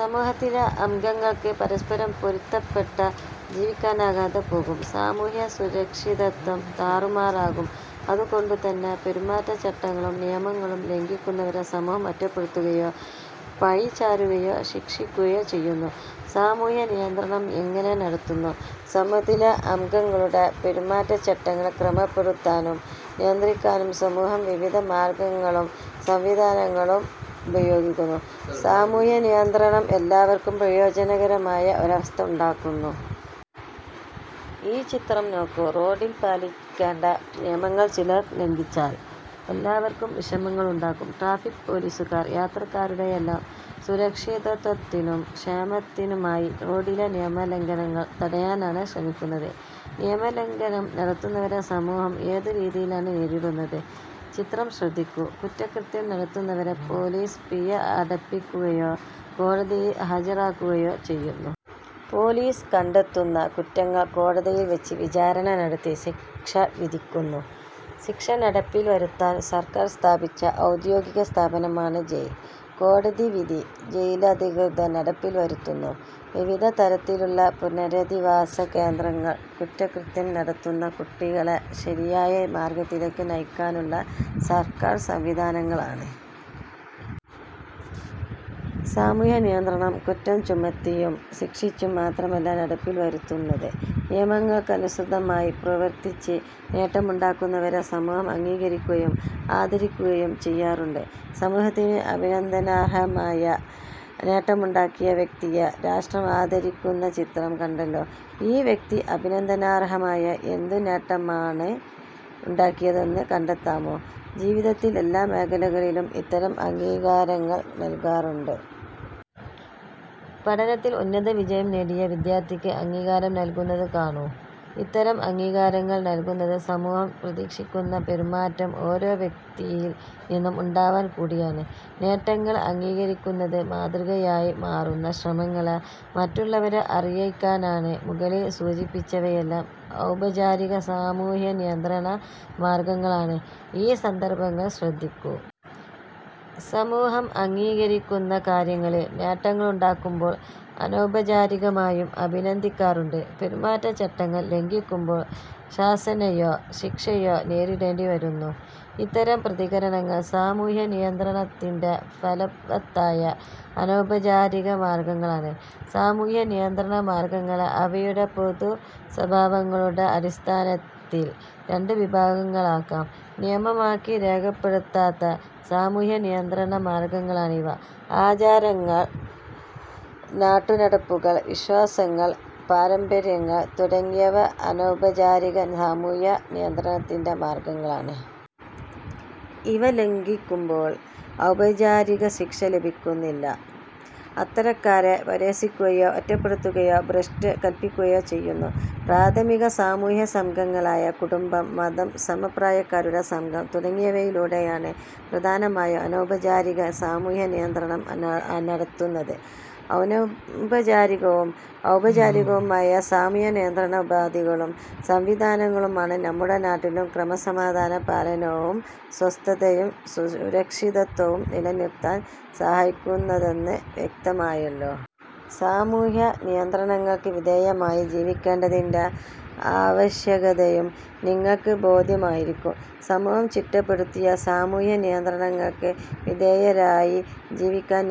സമൂഹത്തിലെ അംഗങ്ങൾക്ക് പരസ്പരം പൊരുത്തപ്പെട്ട ജീവിക്കാനാകാതെ പോകും. സാമൂഹ്യസുരക്ഷിതത്വം താറുമാറാകും. അതു കൊണ്ടുതന്നെ പെരുമാറ്റച്ചട്ടങ്ങളും നിയമങ്ങളും ലംഘിക്കുന്നവരെ സമൂഹം ഒറ്റപ്പെടുത്തുകയോ പഴിചാരുകയോ ശിക്ഷിക്കുകയോ ചെയ്യുന്നു. സാമൂഹ്യനിയന്ത്രണം എങ്ങനെ നടത്തുന്നു? സമൂഹത്തിലെ അംഗങ്ങളുടെ പെരുമാറ്റച്ചട്ടങ്ങൾ ക്രമപ്പെടുത്താനും നിയന്ത്രിക്കാനും സമൂഹം വിവിധ മാർഗങ്ങളും സംവിധാനങ്ങളും ഉപയോഗിക്കുന്നു. സാമൂഹ്യനിയന്ത്രണം എല്ലാവർക്കും പ്രയോജനകരമായ ഒരവസ്ഥ ഉണ്ടാക്കുന്നു. ഈ ചിത്രം നോക്കൂ. റോഡിൽ പാലി ക്കേണ്ട നിയമങ്ങൾ ചിലർ ലംഘിച്ചാൽ എല്ലാവർക്കും വിഷമങ്ങളുണ്ടാക്കും. ട്രാഫിക് പോലീസുകാർ യാത്രക്കാ രുടെയെല്ലാം സുരക്ഷിതത്വത്തിനും ക്ഷേമത്തിനുമായി റോഡിലെ നിയമലംഘനങ്ങൾ തടയാനാണ് ശ്രമിക്കുന്നത്. നിയമലംഘനം നടത്തുന്നവരെ സമൂഹം ഏതു രീതിയിലാണ് നേരിടുന്നത്? ചിത്രം ശ്രദ്ധിക്കൂ. കുറ്റകൃത്യം നടത്തുന്നവരെ പോലീസ് പിഴ അടപ്പിക്കുകയോ കോടതിയിൽ ഹാജരാക്കുകയോ ചെയ്യുന്നു. പോലീസ് കണ്ടെത്തുന്ന കുറ്റങ്ങൾ കോടതിയിൽ വച്ച് വിചാരണ നടത്തി ശിക്ഷ വിധിക്കുന്നു. ശിക്ഷ നടപ്പിൽ വരുത്താൻ സർക്കാർ സ്ഥാപിച്ച ഔദ്യോഗികസ്ഥാപനമാണ് ജയിൽ. കോടതിവിധി ജയിലധികൃതർ നടപ്പിൽ വരുത്തുന്നു. വിവിധ തരത്തിലുള്ള പുനരധിവാസ കേന്ദ്രങ്ങൾ കുറ്റകൃത്യം നടത്തുന്ന കുട്ടി കളെ ശരിയായ മാർഗത്തിലേക്ക് നയിക്കാനുള്ള സർക്കാർ സംവിധാനങ്ങളാണ്. സാമൂഹ്യനിയന്ത്രണം കുറ്റം ചുമത്തിയും ശിക്ഷിച്ചും മാത്രമല്ല നടപ്പിൽ വരുത്തുന്നത്. നിയമങ്ങൾക്കനുസൃതമായി പ്രവർത്തിച്ച് നേട്ടമുണ്ടാക്കുന്നവരെ സമൂഹം അംഗീകരിക്കുകയും ആദരിക്കുകയും ചെയ്യാറുണ്ട്. സമൂഹത്തിന് അഭിനന്ദനാർഹമായ നേട്ടമുണ്ടാക്കിയ വ്യക്തിയെ രാഷ്ട്രം ആദരി ക്കുന്ന ചിത്രം കണ്ടല്ലോ? ഈ വ്യക്തി അഭിനന്ദനാർഹമായ എന്തു നേട്ടമാണ് ഉണ്ടാക്കിയതെന്ന് കണ്ടെത്താമോ? ജീവിതത്തിന്റെ എല്ലാ മേഖലകളിലും ഇത്തരം അംഗീകാരങ്ങൾ നൽകാറുണ്ട്. പഠനത്തിൽ ഉന്നതവിജയം നേടിയ വിദ്യാർഥിക്ക് അംഗീകാരം നൽകുന്നത് കാണൂ. ഇത്തരം അംഗീകാരങ്ങൾ നൽകുന്നത് സമൂഹം പ്രതീക്ഷിക്കുന്ന പെരുമാറ്റം ഓരോ വ്യക്തിയിൽ നിന്നും ഉണ്ടാവാൻ കൂടിയാണ്. നേട്ടങ്ങൾ അംഗീകരിക്കുന്നത് മാതൃകയായി മാറുന്ന ശ്രമങ്ങളെ മറ്റുള്ളവരെ അറിയിക്കാനാണ്. മുകളിൽ സൂചിപ്പിച്ചവയെല്ലാം ഔപചാരിക സാമൂഹ്യനിയന്ത്രണ മാർഗങ്ങളാണ്. ഈ സന്ദർഭങ്ങൾ ശ്രദ്ധിക്കൂ. സമൂഹം അംഗീകരിക്കുന്ന കാര്യങ്ങളിൽ നേട്ടങ്ങളുണ്ടാക്കുമ്പോൾ അനൗപചാരികമായും അഭിനന്ദിക്കാറുണ്ട്. പെരുമാറ്റച്ചട്ടങ്ങൾ ലംഘിക്കുമ്പോൾ ശാസനയോ ശിക്ഷയോ നേരിടേണ്ടി വരുന്നു. ഇത്തരം പ്രതികരണങ്ങൾ സാമൂഹ്യനിയന്ത്രണത്തിന്റെ ഫലവത്തായ അനൗപചാരിക മാർഗങ്ങളാണ്. സാമൂഹ്യനിയന്ത്രണ മാർഗങ്ങളെ അവയുടെ പൊതുസ്വഭാവങ്ങളുടെ അടിസ്ഥാനത്തിൽ രണ്ടു വിഭാഗങ്ങളാക്കാം. നിയമമാക്കി രേഖപ്പെടുത്താത്ത സാമൂഹ്യനിയന്ത്രണ മാർഗങ്ങളാണിവ. ആചാരങ്ങൾ, നാട്ടുനടപ്പുകൾ, വിശ്വാസങ്ങൾ, പാരമ്പര്യങ്ങൾ തുടങ്ങിയവ അനൗപചാരിക സാമൂഹ്യനിയന്ത്രണത്തിന്റെ മാർഗങ്ങളാണ്. ഇവ ലംഘിക്കുമ്പോൾ ഔപചാരിക ശിക്ഷ ലഭിക്കുന്നില്ല. അത്തരക്കാരെ പരിഹസിക്കുകയോ ഒറ്റപ്പെടുത്തുകയോ ഭ്രഷ്ട് കൽപ്പിക്കുകയോ ചെയ്യുന്നു. പ്രാഥമിക സാമൂഹ്യസംഘങ്ങളായ കുടുംബം, മതം, സമപ്രായക്കാരുടെ സംഘം തുടങ്ങിയവയിലൂടെയാണ് പ്രധാനമായും അനൗപചാരിക സാമൂഹ്യനിയന്ത്രണം നടത്തുന്നത്. അനൗപചാരികവും ഔപചാരികവുമായ സാമൂഹ്യനിയന്ത്രണ ഉപാധികളും സംവിധാനങ്ങളുമാണ് നമ്മുടെ നാട്ടിലും ക്രമസമാധാന പാലനവും സ്വസ്ഥതയും സുരക്ഷിതത്വവും നിലനിർത്താൻ സഹായിക്കുന്നതെന്ന് വ്യക്തമായല്ലോ. സാമൂഹ്യനിയന്ത്രണങ്ങൾക്കു വിധേയമായി ജീവിക്കേണ്ടതിന്റെ ആവശ്യകതയും നിങ്ങൾക്ക് ബോധ്യമായിരിക്കും. സമൂഹം ചിട്ടപ്പെടുത്തിയ സാമൂഹ്യനിയന്ത്രണങ്ങൾക്ക് വിധേയരായി ജീവിക്കാൻ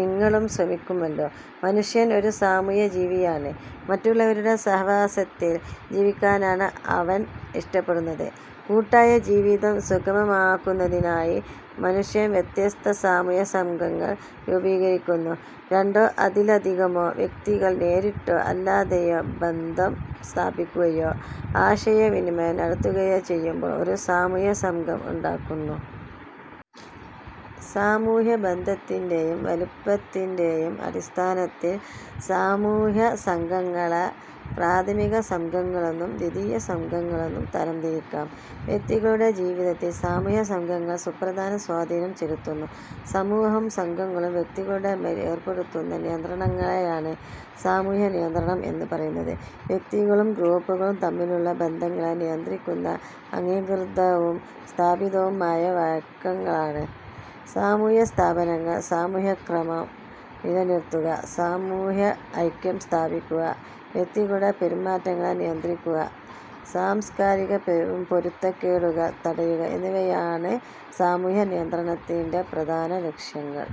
നിങ്ങളും ശ്രമിക്കുമല്ലോ. മനുഷ്യൻ ഒരു സാമൂഹ്യജീവിയാണ്. മറ്റുള്ളവരുടെ സഹവാസത്തിൽ ജീവിക്കാനാണ് അവൻ ഇഷ്ടപ്പെടുന്നത്. കൂട്ടായ ജീവിതം സുഗമമാക്കുന്നതിനായി മനുഷ്യൻ വ്യത്യസ്ത സാമൂഹ്യസംഘങ്ങൾ രൂപീകരിക്കുന്നു. രണ്ടോ അതിലധികമോ വ്യക്തികൾ നേരിട്ടോ അല്ലാതെയോ ബന്ധം സ്ഥാപിക്കുകയോ ആശയവിനിമയം നടത്തുകയോ ചെയ്യുമ്പോൾ ഒരു സാമൂഹ്യസംഘം ഉണ്ടാകുന്നു. സാമൂഹ്യബന്ധത്തിന്റെയും വലുപ്പത്തിന്റെയും അടിസ്ഥാനത്തിൽ സാമൂഹ്യസംഘങ്ങളെ പ്രാഥമികസംഘങ്ങളെന്നും ദ്വിതീയസംഘങ്ങളെന്നും തരംതിരിക്കാം. വ്യക്തികളുടെ ജീവിതത്തിൽ സാമൂഹ്യസംഘങ്ങൾ സുപ്രധാന സ്വാധീനം ചെലുത്തുന്നു. സമൂഹവും സംഘങ്ങളും വ്യക്തികളുടെ മേൽ ഏർപ്പെടുത്തുന്ന നിയന്ത്രണങ്ങളെയാണ് സാമൂഹ്യനിയന്ത്രണം എന്നു പറയുന്നത്. വ്യക്തികളും ഗ്രൂപ്പുകളും തമ്മിലുള്ള ബന്ധങ്ങളെ നിയന്ത്രിക്കുന്ന അംഗീകൃതവും സ്ഥാപിതവുമായ വഴക്കങ്ങളാണ് സാമൂഹ്യസ്ഥാപനങ്ങൾ. സാമൂഹ്യക്രമം നിലനിർത്തുക, സാമൂഹ്യ ഐക്യം സ്ഥാപിക്കുക, വ്യക്തികളുടെ പെരുമാറ്റങ്ങളെ നിയന്ത്രിക്കുക, സാംസ്കാരിക പൊരുത്തക്കേടുകൾ തടയുക എന്നിവയാണ് സാമൂഹ്യ നിയന്ത്രണത്തിന്റെ പ്രധാന ലക്ഷ്യങ്ങൾ.